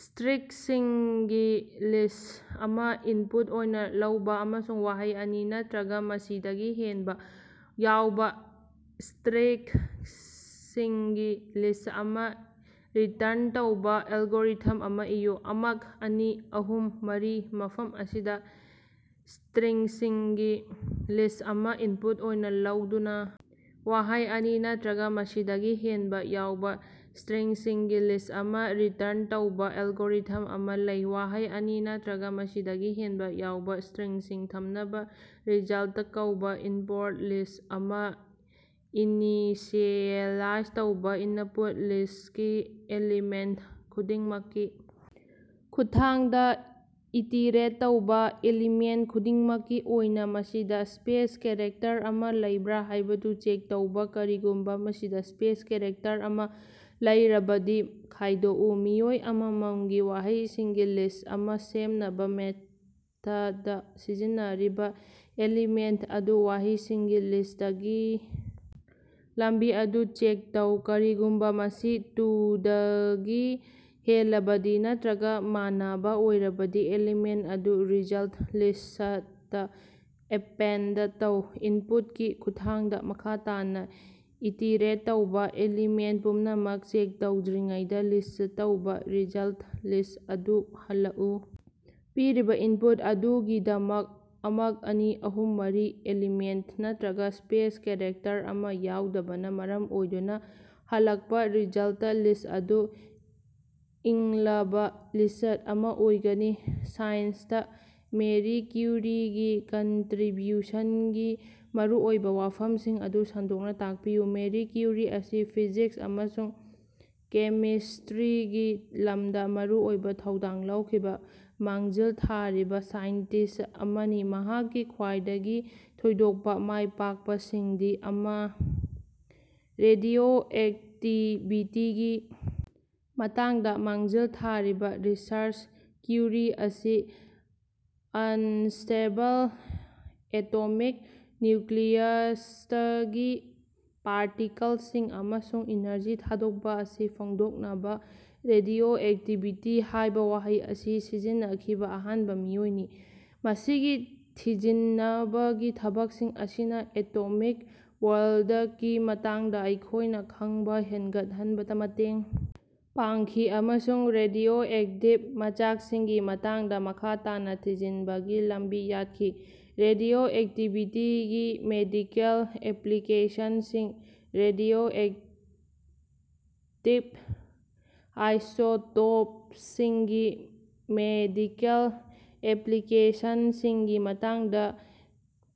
ꯁ꯭ꯇꯔꯤꯡꯁꯤꯡꯒꯤ list ꯑꯃꯥ input ꯑꯣꯏꯅ ꯂꯧꯕ ꯑꯃꯁꯨꯡ ꯋꯥꯍꯩ ꯑꯅꯤ ꯅꯠꯇꯔꯒꯥ ꯃꯁꯤꯗꯒꯤ ꯍꯦꯟꯕꯥ ꯌꯥꯎꯕꯥ ꯁ꯭ꯇꯔꯤꯡꯁꯤꯡꯒꯤ ꯂꯤꯁꯠ ꯑꯃ ꯔꯤꯇꯔꯟ ꯇꯧꯕ ꯑꯦꯜꯒꯣꯔꯤꯊꯝ ꯑꯃ ꯏꯌꯨ꯫ "ꯑꯃꯛ", "ꯑꯅꯤ", "ꯑꯍꯨꯝ", "ꯃꯔꯤ" ꯃꯐꯝ ꯑꯁꯤꯗ ꯁ꯭ꯇꯔꯤꯡꯁꯤꯡꯒꯤ ꯂꯤꯁꯠ ꯑꯃ ꯏꯟꯄꯨꯠ ꯑꯣꯏꯅ ꯂꯧꯗꯨꯅ ꯋꯥꯍꯩ ꯑꯅꯤ ꯅꯠꯇꯔꯒ ꯃꯁꯤꯗꯒꯤ ꯍꯦꯟꯕꯥ ꯌꯥꯎꯕ ꯁ꯭ꯇꯔꯤꯡꯁꯤꯡꯒꯤ ꯂꯤꯁꯠ ꯑꯃ ꯔꯤꯇꯔꯟ ꯇꯧꯕ ꯑꯦꯜꯒꯣꯔꯤꯊꯝ ꯑꯃ ꯂꯩ꯫ ꯋꯥꯍꯩ ꯑꯅꯤ ꯅꯠꯇꯔꯒꯥ ꯃꯁꯤꯗꯒꯤ ꯍꯦꯟꯕ ꯌꯥꯎꯕ ꯁ꯭ꯇꯔꯤꯡꯁꯤꯡ ꯊꯝꯅꯕ ꯔꯤꯖꯜꯇ ꯀꯧꯕ ꯏꯝꯄꯣꯔꯠ ꯂꯤꯁꯠ ꯑꯃꯥ ꯏꯅꯤꯁꯤꯑꯦꯂꯥꯏꯖ ꯇꯧꯕꯥ ꯏꯅꯄꯨꯠ ꯂꯤꯁꯇꯀꯤ ꯑꯦꯂꯤꯃꯦꯟꯇ ꯈꯨꯗꯤꯡꯃꯛꯀꯤ ꯈꯨꯠꯊꯥꯡꯗꯥ ꯏꯇꯤꯔꯦꯠ ꯇꯧꯕ ꯑꯦꯂꯤꯃꯦꯟꯇ ꯈꯨꯗꯤꯡꯃꯛꯀꯤ ꯑꯣꯏꯅ, ꯃꯁꯤꯗ ꯁ꯭ꯄꯦꯁ ꯀꯦꯔꯦꯛꯇꯔ ꯑꯃꯥ ꯂꯩꯕ꯭ꯔꯥ ꯍꯥꯏꯕꯗꯨ ꯆꯦꯛ ꯇꯧꯕꯥ ꯀꯔꯤꯒꯨꯝꯕꯥ ꯃꯁꯤꯗꯥ ꯁ꯭ꯄꯦꯁ ꯀꯦꯔꯦꯛꯇꯔ ꯑꯃꯥ ꯂꯩꯔꯕꯗꯤ, ꯈꯥꯏꯗꯣꯛꯎ꯫ ꯃꯤꯑꯣꯏ ꯑꯃꯃꯝꯒꯤ ꯋꯥꯍꯩꯁꯤꯡꯒꯤ ꯂꯤꯁꯠ ꯑꯃ ꯁꯦꯝꯅꯕ ꯃꯦꯊꯗ ꯁꯤꯖꯤꯟꯅꯔꯤꯕꯥ ꯑꯦꯂꯤꯃꯦꯟꯇ ꯑꯗꯨ ꯋꯥꯍꯩꯁꯤꯡꯒꯤ ꯂꯤꯁꯇꯀꯤ ꯂꯝꯕꯤ ꯑꯗꯨ ꯆꯦꯛ ꯇꯧ, ꯀꯔꯤꯒꯨꯝꯕ ꯃꯁꯤ ꯇꯨꯗꯒꯤ ꯍꯦꯜꯂꯕꯗꯤ ꯅꯠꯇꯔꯒ ꯃꯥꯟꯅꯕꯥ ꯑꯣꯏꯔꯕꯗꯤ, ꯑꯦꯂꯤꯃꯦꯟꯇ ꯑꯗꯨ ꯔꯤꯖꯜꯇ ꯂꯤꯁꯠꯇꯥ ꯑꯦꯄꯦꯟꯗ ꯇꯧ ꯏꯟꯄꯨꯠꯀꯤ ꯈꯨꯠꯊꯥꯡꯗꯥ ꯃꯈꯥ ꯇꯥꯅꯥ ꯏꯇꯤꯔꯦꯠ ꯇꯧꯕꯥ꯫ ꯑꯦꯂꯤꯃꯦꯟꯇ ꯄꯨꯝꯅꯃꯛ ꯆꯦꯛ ꯇꯧꯗ꯭ꯔꯤꯉꯩꯗꯥ ꯂꯤꯁꯠ ꯇꯧꯕꯥ ꯔꯤꯖꯜꯇ ꯂꯤꯁꯠ ꯑꯗꯨ ꯍꯜꯂꯛꯎ ꯄꯤꯔꯤꯕꯥ ꯏꯟꯄꯨꯠ ꯑꯗꯨꯒꯤꯗꯃꯛ, "ꯑꯃꯛ", "ꯑꯅꯤ", "ꯑꯍꯨꯝ", "ꯃꯔꯤ", ꯑꯦꯂꯤꯃꯦꯟꯇ ꯅꯠꯇꯔꯒ ꯁ꯭ꯄꯦꯁ ꯀꯦꯔꯦꯛꯇꯔ ꯑꯃꯥ ꯌꯥꯎꯗꯕꯅꯥ ꯃꯔꯝ ꯑꯣꯏꯗꯨꯅꯥ, ꯍꯜꯂꯛꯄꯥ ꯔꯤꯖꯜꯇ ꯂꯤꯁꯠ ꯑꯗꯨ꯫ ꯏꯪꯂꯕꯥ ꯂꯤꯁꯠ ꯑꯃ ꯑꯣꯏꯒꯅꯤ꯫ ꯁꯥꯏꯟꯁꯇꯥ ꯃꯦꯔꯤ ꯀ꯭ꯌꯨꯔꯤꯒꯤ ꯀꯟꯇꯔꯤꯕ꯭ꯌꯨꯁꯟꯒꯤ ꯃꯔꯨꯑꯣꯏꯕꯥ ꯋꯥꯐꯝꯁꯤꯡ ꯑꯗꯨ ꯁꯟꯗꯣꯛꯅ ꯇꯥꯛꯄꯤꯌꯨ꯫ ꯃꯦꯔꯤ ꯀ꯭ꯌꯨꯔꯤ ꯑꯁꯤ ꯐꯤꯖꯤꯛꯁ ꯑꯃꯁꯨꯡ ꯀꯦꯃꯤꯁ꯭ꯇꯔꯤꯒꯤ ꯂꯝꯗꯥ ꯃꯔꯨꯑꯣꯏꯕ ꯊꯧꯗꯥꯡ ꯂꯧꯈꯤꯕꯥ ꯃꯥꯡꯖꯤꯜ ꯊꯥꯔꯤꯕꯥ ꯁꯥꯏꯟꯇꯤꯁꯠ ꯑꯃꯅꯤ꯫ ꯃꯍꯥꯛꯀꯤ ꯈ꯭ꯋꯥꯏꯗꯒꯤ ꯊꯣꯏꯗꯣꯛꯄꯥ ꯃꯥꯏꯄꯥꯛꯄꯁꯤꯡꯗꯤ: ꯑꯃ. ꯔꯦꯗꯤꯑꯣꯑꯦꯛꯇꯤꯚꯤꯇꯤꯒꯤ ꯃꯇꯥꯡꯗꯥ ꯃꯥꯡꯖꯤꯜ ꯊꯥꯔꯤꯕꯥ ꯔꯤꯁꯔꯆ: ꯀ꯭ꯌꯨꯔꯤ ꯑꯁꯤ ꯑꯟꯁ꯭ꯇꯦꯕꯜ ꯑꯦꯇꯣꯃꯤꯛ ꯅ꯭ꯌꯨꯀꯂꯤꯌꯁꯇꯒꯤ ꯄꯥꯔꯇꯤꯀꯜꯁꯤꯡ ꯑꯃꯁꯨꯡ ꯏꯅꯔꯖꯤ ꯊꯥꯗꯣꯛꯄꯥ ꯑꯁꯤ ꯐꯣꯡꯗꯣꯛꯅꯕꯥ "ꯔꯦꯗꯤꯑꯣꯑꯦꯛꯇꯤꯚꯤꯇꯤ" ꯍꯥꯏꯕꯥ ꯋꯥꯍꯩ ꯑꯁꯤ ꯁꯤꯖꯤꯟꯅꯈꯤꯕꯥ ꯑꯍꯥꯟꯕ ꯃꯤꯑꯣꯏꯅꯤ꯫ ꯃꯁꯤꯒꯤ ꯊꯤꯖꯤꯅꯕꯒꯤ ꯊꯕꯛꯁꯤꯡ ꯑꯁꯤꯅꯥ ꯑꯦꯇꯣꯃꯤꯛ ꯋꯥꯔꯜꯗꯀꯤ ꯃꯇꯥꯡꯗꯥ ꯑꯩꯈꯣꯏꯅ ꯈꯪꯕ ꯍꯦꯟꯒꯠꯍꯟꯕꯗꯥ ꯃꯇꯦꯡ ꯄꯥꯡꯈꯤ ꯑꯃꯁꯨꯡ ꯔꯦꯗꯤꯑꯣꯑꯦꯛꯇꯤꯚ ꯃꯆꯥꯛꯁꯤꯡꯒꯤ ꯃꯇꯥꯡꯗꯥ ꯃꯈꯥ ꯇꯥꯅ ꯊꯤꯖꯤꯟꯕꯒꯤ ꯂꯝꯕꯤ ꯌꯥꯠꯈꯤ꯫ ꯔꯦꯗꯤꯑꯣꯑꯦꯛꯇꯤꯚꯤꯇꯤꯒꯤ ꯃꯦꯗꯤꯀꯦꯜ ꯑꯦꯄꯂꯤꯀꯦꯁꯟꯁꯤꯡ: ꯔꯦꯗꯤꯑꯣꯑꯦꯛꯇꯤꯚ ꯑꯥꯏꯁꯣꯇꯣꯞꯁꯤꯡꯒꯤ ꯃꯦꯗꯤꯀꯦꯜ ꯑꯦꯄꯂꯤꯀꯦꯁꯟꯁꯤꯡꯒꯤ ꯃꯇꯥꯡꯗꯥ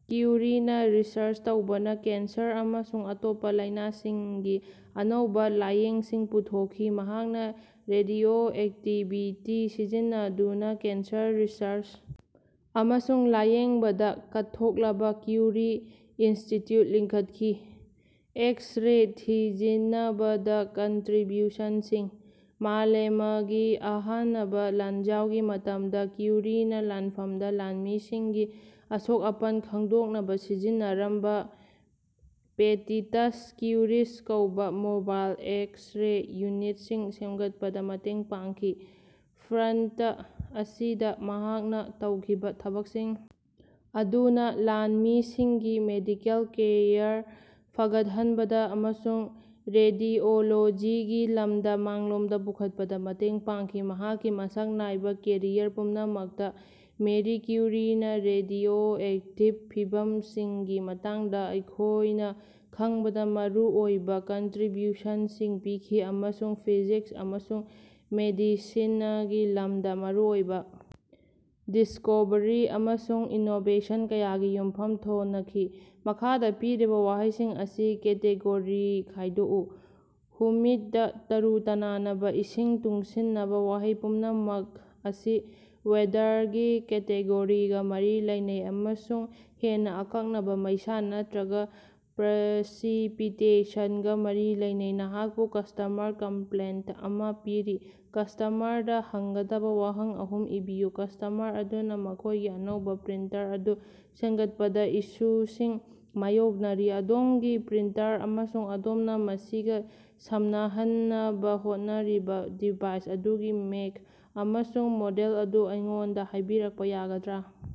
ꯀ꯭ꯌꯨꯔꯤꯅꯥ ꯔꯤꯁꯔꯆ ꯇꯧꯕꯅꯥ ꯀꯦꯟꯁꯔ ꯑꯃꯁꯨꯡ ꯑꯇꯣꯞꯄꯥ ꯂꯥꯏꯅꯥꯁꯤꯡꯒꯤ ꯑꯅꯧꯕꯥ ꯂꯥꯌꯦꯡꯁꯤꯡ ꯄꯨꯊꯣꯛꯈꯤ꯫ ꯃꯍꯥꯛꯅꯥ ꯔꯦꯗꯤꯑꯣꯑꯦꯛꯇꯤꯚꯤꯇꯤ ꯁꯤꯖꯤꯟꯅꯗꯨꯅꯥ ꯀꯦꯟꯁꯔ ꯔꯤꯁꯔꯆ ꯑꯃꯁꯨꯡ ꯂꯥꯌꯦꯡꯕꯗꯥ ꯀꯠꯊꯣꯛꯂꯕ ꯀ꯭ꯌꯨꯔꯤ ꯏꯟꯁꯇꯤꯇ꯭ꯌꯨꯠ ꯂꯤꯡꯈꯠꯈꯤ꯫ ꯑꯦꯛꯁ-ꯔꯦ ꯊꯤꯖꯤꯅꯕꯗꯥ ꯀꯟꯇꯔꯤꯕ꯭ꯌꯨꯁꯟꯁꯤꯡ: ꯃꯥꯂꯦꯃꯒꯤ ꯑꯍꯥꯅꯕꯥ ꯂꯥꯟꯖꯥꯎꯒꯤ ꯃꯇꯝꯗ ꯀ꯭ꯌꯨꯔꯤꯅꯥ ꯂꯥꯟꯐꯝꯗꯥ ꯂꯥꯟꯃꯤꯁꯤꯡꯒꯤ ꯑꯁꯣꯛ-ꯑꯄꯟ ꯈꯪꯗꯣꯛꯅꯕꯥ ꯁꯤꯖꯤꯟꯅꯔꯝꯕꯥ "ꯄꯦꯇꯤꯇꯁ ꯀ꯭ꯌꯨꯔꯤꯁ" ꯀꯧꯕꯥ ꯃꯣꯕꯥꯏꯜ ꯑꯦꯛꯁ-ꯔꯦ ꯌꯨꯅꯤꯠꯁꯤꯡ ꯁꯦꯝꯒꯠꯄꯗꯥ ꯃꯇꯦꯡ ꯄꯥꯡꯈꯤ꯫ ꯐ꯭ꯔꯟꯇ ꯑꯁꯤꯗꯥ ꯃꯍꯥꯛꯅꯥ ꯇꯧꯈꯤꯕꯥ ꯊꯕꯛꯁꯤꯡ ꯑꯗꯨꯅꯥ ꯂꯥꯟꯃꯤꯁꯤꯡꯒꯤ ꯃꯦꯗꯤꯀꯦꯜ ꯀꯦꯌꯔ ꯐꯒꯠꯍꯟꯕꯗꯥ ꯑꯃꯁꯨꯡ ꯔꯦꯗꯤꯑꯣꯂꯣꯖꯤꯒꯤ ꯂꯝꯗꯥ ꯃꯥꯡꯂꯣꯝꯗꯥ ꯄꯨꯈꯠꯄꯗꯥ ꯃꯇꯦꯡ ꯄꯥꯡꯈꯤ꯫ ꯃꯍꯥꯛꯀꯤ ꯃꯁꯛ ꯅꯥꯏꯕꯥ ꯀꯦꯔꯤꯌꯔ ꯄꯨꯝꯅꯃꯛꯇꯥ, ꯃꯦꯔꯤ ꯀ꯭ꯌꯨꯔꯤꯅꯥ ꯔꯦꯗꯤꯑꯣꯑꯦꯛꯇꯤꯚ ꯐꯤꯚꯝꯁꯤꯡꯒꯤ ꯃꯇꯥꯡꯗꯥ ꯑꯩꯈꯣꯏꯅ ꯈꯪꯕꯗꯥ ꯃꯔꯨꯑꯣꯏꯕꯥ ꯀꯟꯇꯔꯤꯕ꯭ꯌꯨꯁꯟꯁꯤꯡ ꯄꯤꯈꯤ ꯑꯃꯁꯨꯡ ꯐꯤꯖꯤꯛꯁ ꯑꯃꯁꯨꯡ ꯃꯦꯗꯤꯁꯤꯅꯒꯤ ꯂꯝꯗꯥ ꯃꯔꯨꯑꯣꯏꯕꯥ ꯗꯤꯁꯀꯣꯕꯔꯤ ꯑꯃꯁꯨꯡ ꯏꯅꯣꯕꯦꯁꯟ ꯀꯌꯥꯒꯤ ꯌꯨꯝꯐꯝ ꯊꯣꯅꯈꯤ꯫ ꯃꯈꯥꯗꯥ ꯄꯤꯔꯤꯕꯥ ꯋꯥꯍꯩꯁꯤꯡ ꯑꯁꯤ ꯀꯦꯇꯦꯒꯣꯔꯤ ꯈꯥꯏꯗꯣꯛꯎ: ꯍꯨꯃꯤꯗ, ꯇꯔꯨ-ꯇꯅꯥꯅꯕꯥ, ꯏꯁꯤꯡ ꯇꯨꯡꯁꯤꯅꯕꯥ꯫ ꯋꯥꯍꯩ ꯄꯨꯝꯅꯃꯛ ꯑꯁꯤ ꯋꯦꯗꯔ"ꯒꯤ ꯀꯦꯇꯦꯒꯣꯔꯤꯒꯥ ꯃꯔꯤ ꯂꯩꯅꯩ ꯑꯃꯁꯨꯡ ꯍꯦꯟꯅꯥ ꯑꯀꯛꯅꯕ "ꯃꯩꯁꯥ" ꯅꯠꯇꯔꯒꯥ "ꯄ꯭ꯔꯁꯤꯄꯤꯇꯦꯁꯟ"ꯒꯥ ꯃꯔꯤ ꯂꯩꯅꯩ꯫ ꯅꯍꯥꯛꯄꯨ ꯀꯁ꯭ꯇꯃꯔ ꯀꯝꯄꯂꯦꯟꯇ ꯑꯃꯥ ꯄꯤꯔꯤ꯫ ꯀꯁ꯭ꯇꯃꯔꯗꯥ ꯍꯪꯒꯗꯕꯥ ꯋꯥꯍꯪ ꯑꯍꯨꯝ ꯏꯕꯤꯌꯨ꯫ ꯀꯁ꯭ꯇꯃꯔ ꯑꯗꯨꯅꯥ ꯃꯈꯣꯏꯒꯤ ꯑꯅꯧꯕꯥ ꯄ꯭ꯔꯤꯟꯇꯔ ꯑꯗꯨ ꯁꯦꯝꯒꯠꯄꯗꯥ ꯏꯁꯨꯁꯤꯡ ꯃꯥꯌꯣꯛꯅꯔꯤ꯫ ꯑꯗꯣꯝꯒꯤ ꯄ꯭ꯔꯤꯟꯇꯔ ꯑꯃꯁꯨꯡ ꯑꯗꯣꯝꯅꯥ ꯃꯁꯤꯒꯥ ꯁꯝꯅꯍꯟꯅꯕꯥ ꯍꯣꯠꯅꯔꯤꯕꯥ ꯗꯤꯚꯥꯏꯁ ꯑꯗꯨꯒꯤ ꯃꯦꯛ ꯑꯃꯁꯨꯡ ꯃꯣꯗꯦꯜ ꯑꯗꯨ ꯑꯩꯉꯣꯟꯗꯥ ꯍꯥꯏꯕꯤꯔꯛꯄꯥ ꯌꯥꯒꯗ꯭ꯔꯥ?